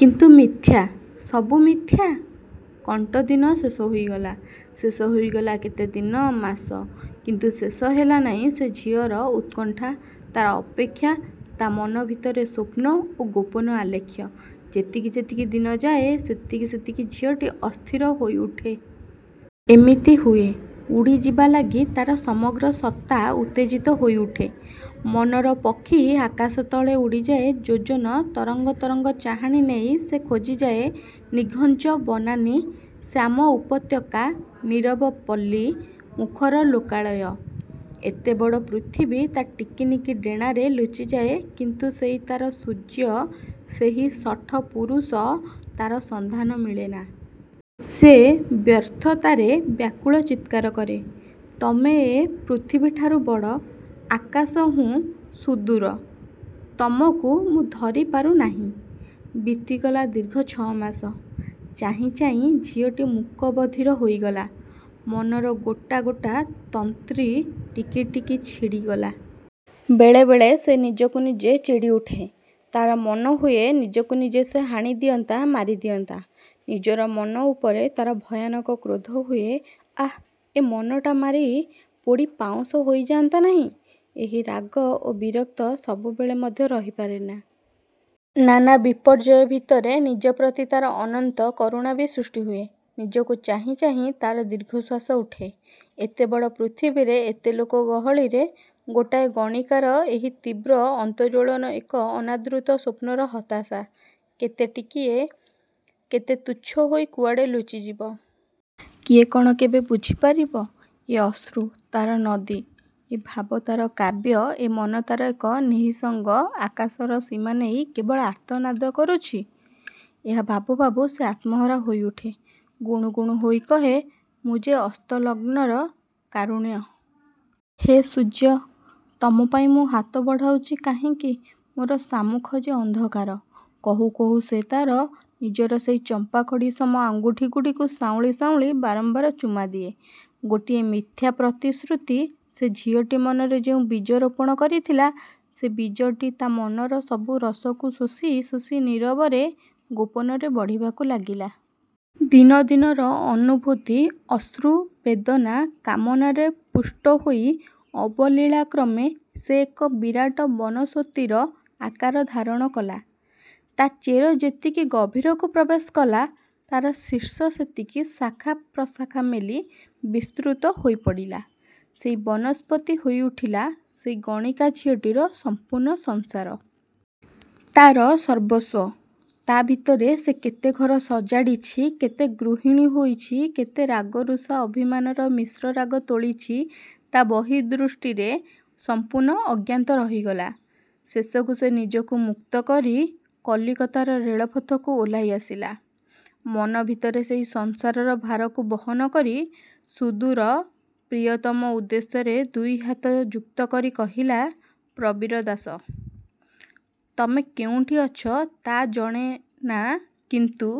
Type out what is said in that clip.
କିନ୍ତୁ ମିଥ୍ୟା, ସବୁ ମିଥ୍ୟା? କଣ୍ଟ ଦିନ ଶେଷ ହୋଇଗଲା। ଶେଷ ହୋଇଗଲା କେତେ ଦିନ, ମାସ କିନ୍ତୁ ଶେଷ ହେଲା ନାହିଁ ସେ ଝିଅର ଉତ୍କଣ୍ଠା, ତାର ଅପେକ୍ଷା, ତା ମନ ଭିତରେ ସ୍ଵପ୍ନ ଓ ଗୋପନ ଆଲେଖ୍ୟ। ଯେତିକି ଯେତିକି ଦିନ ଯାଏ ସେତିକି ସେତିକି ଝିଅଟି ଅସ୍ଥିର ହୋଇ ଉଠେ। ଏମିତି ହୁଏ, ଉଡ଼ିଯିବାଲାଗି ତାର ସମଗ୍ର ସତ୍ତା ଉତ୍ତେଜିତ ହୋଇ ଉଠେ। ମନର ପକ୍ଷୀ ଆକାଶ ତଳେ ଉଡ଼ିଯାଏ ଯୋଜନ ତରଙ୍ଗ ତରଙ୍ଗ ଚାହାଣି ନେଇ ସେ ଖୋଜିଯାଏ ନିଘଞ୍ଚ ବନାନୀ, ଶ୍ୟାମ ଉପତ୍ୟକା, ନୀରବ ପଲ୍ଲୀ, ମୁଖର ଲୋକାଳୟ। ଏତେବଡ଼ ପୃଥିବୀ ତା ଟିକିନିକି ଡେଣାରେ ଲୁଚିଯାଏ କିନ୍ତୁ ସେଇ ତାର ସୂର୍ଯ୍ୟ, ସେହି ଶଠ ପୂରୁଷ, ତାର ସନ୍ଧାନ ମିଳେନା। ସେ ବ୍ୟର୍ଥତାରେ ବ୍ୟାକୁଳ ଚିତ୍କାର କରେ। ତମେ ଏ ପୃଥିବୀଠାରୁ ବଡ଼, ଆକାଶ ହୁଁ ସୁଦୂର। ତମକୁ ମୁଁ ଧରି ପାରୁ ନାହିଁ । ବିତିଗଲା ଦୀର୍ଘ ଛ ମାସ। ଚାହିଁ ଚାହିଁ ଝିଅଟି ମୁକ ବଧିର ହୋଇଗଲା। ମନର ଗୋଟା ଗୋଟା ତନ୍ତ୍ରୀ ଟିକି ଟିକି ଛିଡ଼ିଗଲା। ବେଳେ ବେଳେ ସେ ନିଜକୁ ନିଜେ ଚିଡ଼ି ଉଠେ। ତାର ମନ ହୁଏ ନିଜକୁ ନିଜେ ସେ ହାଣିଦିଅନ୍ତା, ମାରିଦିଅନ୍ତା। ନିଜର ମନ ଉପରେ ତାର ଭୟାନକ କ୍ରୋଧ ହୁଏ, ଆଃ ଏ ମନଟା ମାରି ପୋଡ଼ି ପାଉଁଶ ହୋଇ ଯାଆନ୍ତା ନାହିଁ? ଏହି ରାଗ ଓ ବିରକ୍ତ ସବୁବେଳେ ମଧ୍ୟ ରହି ପାରେନା। ନାନା ବିପର୍ଯ୍ୟୟ ଭିତରେ ନିଜପ୍ରତି ତାର ଅନନ୍ତ କରୁଣା ବି ସୃଷ୍ଟି ହୁଏ। ନିଜକୁ ଚାହିଁ ଚାହିଁ ତାର ଦୀର୍ଘଶ୍ଵାସ ଉଠେ। ଏତେ ବଡ଼ ପୃଥିବୀରେ ଏତେ ଲୋକ ଗହଳିରେ, ଗୋଟାଏ ଗଣିକାର ଏହି ତୀବ୍ର ଅନ୍ତର୍ଜ୍ୱଳନ ଏକ ଅନାଦୃତ ସ୍ୱପ୍ନର ହତାଶା। କେତେ ଟିକିଏ, କେତେ ତୁଚ୍ଛ ହୋଇ କୁଆଡ଼େ ଲୁଚିଯିବ। କିଏ କଣ କେବେ ବୁଝି ପାରିବ, ଏ ଅଶ୍ରୁ, ତାର ନଦୀ। ଏ ଭାବ ତାର କାବ୍ୟ, ଏ ମନ ତାର ଏକ ନିଃସଙ୍ଗ ଆକାଶର ସୀମା ନେଇ କେବଳ ଆର୍ତ୍ତନାଦ କରୁଛି? ଏହା ଭାବୁ ଭାବୁ ସେ ଆତ୍ମହରା ହୋଇଉଠେ। ଗୁଣୁ ଗୁଣୁ ହୋଇ କହେ, ମୁଁ ଯେ ଅସ୍ତ ଲଗ୍ନର କାରୁଣ୍ୟ । ହେ ସୂର୍ଯ୍ୟ, ତମପାଇଁ ମୁଁ ହାତ ବଢ଼ାଉଛି କାହିଁକି ମୋର ସାମ୍ମୁଖ ଯେ ଅନ୍ଧକାର। କହୁ କହୁ ସେ ତାର ନିଜର ସେହି ଚମ୍ପାକଢ଼ି ସମ ଆଙ୍ଗୁଠିଗୁଡ଼ିକୁ ସାଉଁଳି ସାଉଁଳି ବାରମ୍ବାର ଚୁମା ଦିଏ । ଗୋଟିଏ ମିଥ୍ୟା ପ୍ରତିଶ୍ରୁତି ସେ ଝିଅଟି ମନରେ ଯେଉଁ ବୀଜ ରୋପଣ କରିଥିଲା, ସେ ବୀଜଟି ତା ମନର ସବୁ ରସକୁ ଶୋଷି ଶୋଷି ନୀରବରେ, ଗୋପନରେ ବଢ଼ିବାକୁ ଲାଗିଲା। ଦିନଦିନର ଅନୁଭୂତି ଅଶ୍ରୁ, ବେଦନା କାମନାରେ ପୁଷ୍ଟହୋଇ ଅବଲୀଳାକ୍ରମେ ସେ ଏକ ବିରାଟ ବନସ୍ଵତିର ଆକାର ଧାରଣ କଲା। ତା ଚେର ଯେତିକି ଗଭୀରକୁ ପ୍ରବେଶ କଲା ତାର ଶୀର୍ଷ ସେତିକି ଶାଖା, ପ୍ରଶାଖା ମେଲି ବିସୃତ ହୋଇ ପଡ଼ିଲା। ସେଇ ବନସ୍ପତି ହୋଇ ଉଠିଲା, ସେଇ ଗଣିକା ଝିଅଟିର ସମ୍ପୂର୍ଣ୍ଣ ସଂସାର। ତାର ସର୍ବସ୍ଵ, ତା ଭିତରେ ସେ କେତେଘର ସଜାଡ଼ିଛି କେତେ ଗୃହିଣୀ ହୋଇଛି କେତେ ରାଗ ରୁଷା, ଅଭିମାନର ମିଶ୍ରରାଗ ତୋଳିଛି ତା ବହି ଦୃଷ୍ଟିରେ ସମ୍ପୂର୍ଣ୍ଣ ଅଜ୍ଞାତ ରହିଗଲା। ଶେଷକୁ ସେ ନିଜକୁ ମୁକ୍ତ କରି କଲିକତାର ରେଳପଥକୁ ଓହ୍ଲାଇ ଆସିଲା। ମନ ଭିତରେ ସେଇ ସଂସାରର ଭାରକୁ ବହନ କରି ସୁଦୂର ପ୍ରିୟତମ ଉଦ୍ଦେଶ୍ୟରେ ଦୁଇ ହାତ ଯୁକ୍ତକରି କହିଲା, ପ୍ରବୀର ଦାସ। ତମେ କେଉଁଠି ଅଛ ତା ଜଣେ ନା କିନ୍ତୁ